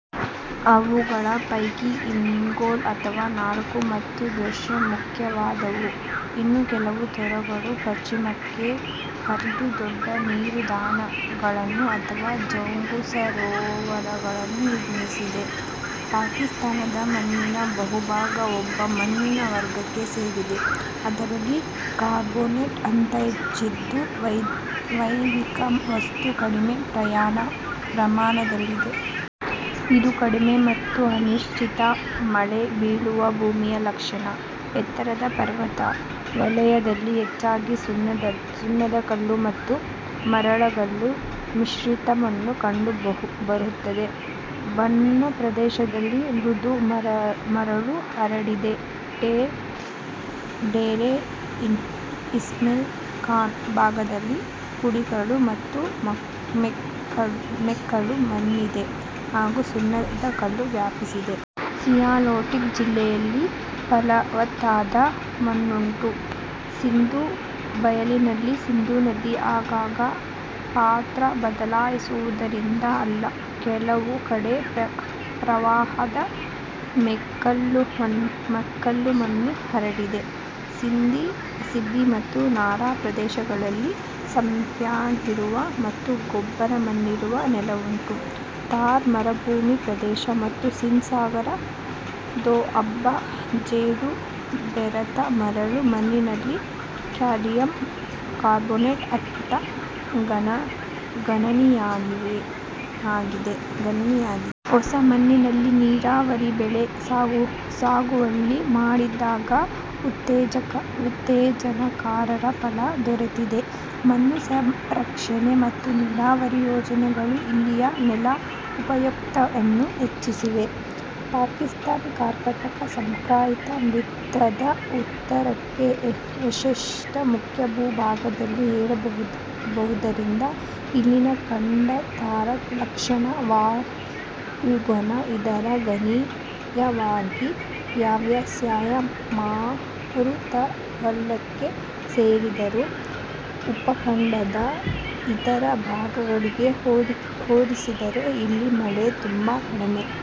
ಅವುಗಳ ಪೈಕಿ ಹಿಂಗೋಲ್ ಅಥವಾ ನಾಲ್ ಮತ್ತು ದಷ್ತ್ ಮುಖ್ಯವಾದವು. ಇನ್ನು ಕೆಲವು ತೊರೆಗಳು ಪಶ್ಚಿಮಕ್ಕೆ ಹರಿದು ದೊಡ್ಡ ನೀರುದಾಣಗಳನ್ನು ಅಥವಾ ಜೌಗುಸರೋವರಗಳನ್ನು ನಿರ್ಮಿಸಿವೆ. ಪಾಕಿಸ್ತಾನದ ಮಣ್ಣಿನ ಬಹುಭಾಗ ಒಣ ಮಣ್ಣಿನ ವರ್ಗಕ್ಕೆ ಸೇರಿದೆ. ಅದರಲ್ಲಿ ಕಾರ್ಬೊನೇಟ್ ಅಂಶ ಹೆಚ್ಚಿದ್ದು, ಜೈವಿಕ ವಸ್ತು ಕಡಿಮೆ ಪ್ರಮಾಣದಲ್ಲಿದೆ. ಇದು ಕಡಿಮೆ ಮತ್ತು ಅನಿಶ್ಚಿತ ಮಳೆ ಬೀಳುವ ಭೂಮಿಯ ಲಕ್ಷಣ. ಎತ್ತರದ ಪರ್ವತ ವಲಯದಲ್ಲಿ ಹೆಚ್ಚಾಗಿ ಸುಣ್ಣದಕಲ್ಲು ಮತ್ತು ಮರಳಗಲ್ಲು ಮಿಶ್ರಿತಮಣ್ಣು ಕಂಡುಬರುತ್ತವೆ. ಬನ್ನು ಪ್ರದೇಶದಲ್ಲಿ ಮೃದು ಮರಳು ಹರಡಿದೆ. ಡೇರ ಇಸ್ಮೇಲ್ ಖಾನ್ ಭಾಗದಲ್ಲಿ ಪುಡಿಗಲ್ಲು ಮತ್ತು ಮೆಕ್ಕಲು ಮಣ್ಣಿದೆ. ಹಾಗೂ ಸುಣ್ಣದಕಲ್ಲು ವ್ಯಾಪಿಸಿದೆ. ಸಿಯಾಲ್ಕೋಟ್ ಜಿಲ್ಲೆಯಲ್ಲಿ ಫಲವತ್ತಾದ ಮಣ್ಣುಂಟು. ಸಿಂಧೂ ಬಯಲಿನಲ್ಲಿ ಸಿಂಧೂ ನದಿ ಆಗಾಗ ಪಾತ್ರ ಬದಲಾಯಿಸುವುದರಿಂದ ಅಲ್ಲಿ ಕೆಲವು ಕಡೆ ಪ್ರವಾಹದ ಮೆಕ್ಕಲುಮಣ್ಣು ಹರಡಿದೆ. ಸಿಂಧ್ನ ಸಿಬಿ ಮತ್ತು ನಾರಾ ಪ್ರದೇಶಗಳಲ್ಲಿ ಸಸ್ಯಾಂಗವಿರುವ ಮತ್ತು ಗೊಬ್ಬರ ಮಣ್ಣಿರುವ ನೆಲವುಂಟು. ಥಾರ್ ಮರುಭೂಮಿ ಪ್ರದೇಶ ಮತ್ತು ಸಿಂಧ್ ಸಾಗರ್ ದೋಅಬ್ನ ಜೇಡು ಬೆರೆತ ಮರಳು ಮಣ್ಣಿನಲ್ಲಿ ಕ್ಯಾಲ್ಸಿಯಂ ಕಾರ್ಬೊನೇಟ್ ಅಂಶ ಗಣನೀಯವಾಗಿದೆ. ಹೊಸ ಮಣ್ಣಿನಲ್ಲಿ ನೀರಾವರಿ ಬೆಳೆ ಸಾಗುವಳಿ ಮಾಡಿದಾಗ ಉತ್ತೇಜನಕಾರಕ ಫಲ ದೊರೆತಿದೆ. ಮಣ್ಣು ಸಂರಕ್ಷಣೆ ಮತ್ತು ನೀರಾವರಿ ಯೋಜನೆಗಳು ಇಲ್ಲಿಯ ನೆಲದ ಉಪಯುಕ್ತತೆಯನ್ನು ಹೆಚ್ಚಿಸಿವೆ. ಪಾಕಿಸ್ತಾನ ಕರ್ಕಾಟಕ ಸಂಕ್ರಾಂತಿ ವೃತ್ತದ ಉತ್ತರಕ್ಕೆ ಏಷ್ಯದ ಮುಖ್ಯ ಭೂ ಭಾಗದಲ್ಲಿ ಬರುವುದರಿಂದ ಇಲ್ಲಿಯದು ಖಂಡಾಂತರ ಲಕ್ಷಣದ ವಾಯುಗುಣ, ಇದರ ಗಣನೀಯಭಾಗ ಮಾನ್ಸೂನ್ ಮಾರುತವಲಯಕ್ಕೆ ಸೇರಿದ್ದರೂ ಉಪಖಂಡದ ಇತರ ಭಾಗಗಳಿಗೆ ಹೋಲಿಸಿದರೆ ಇಲ್ಲಿ ಮಳೆ ತುಂಬ ಕಡಿಮೆ.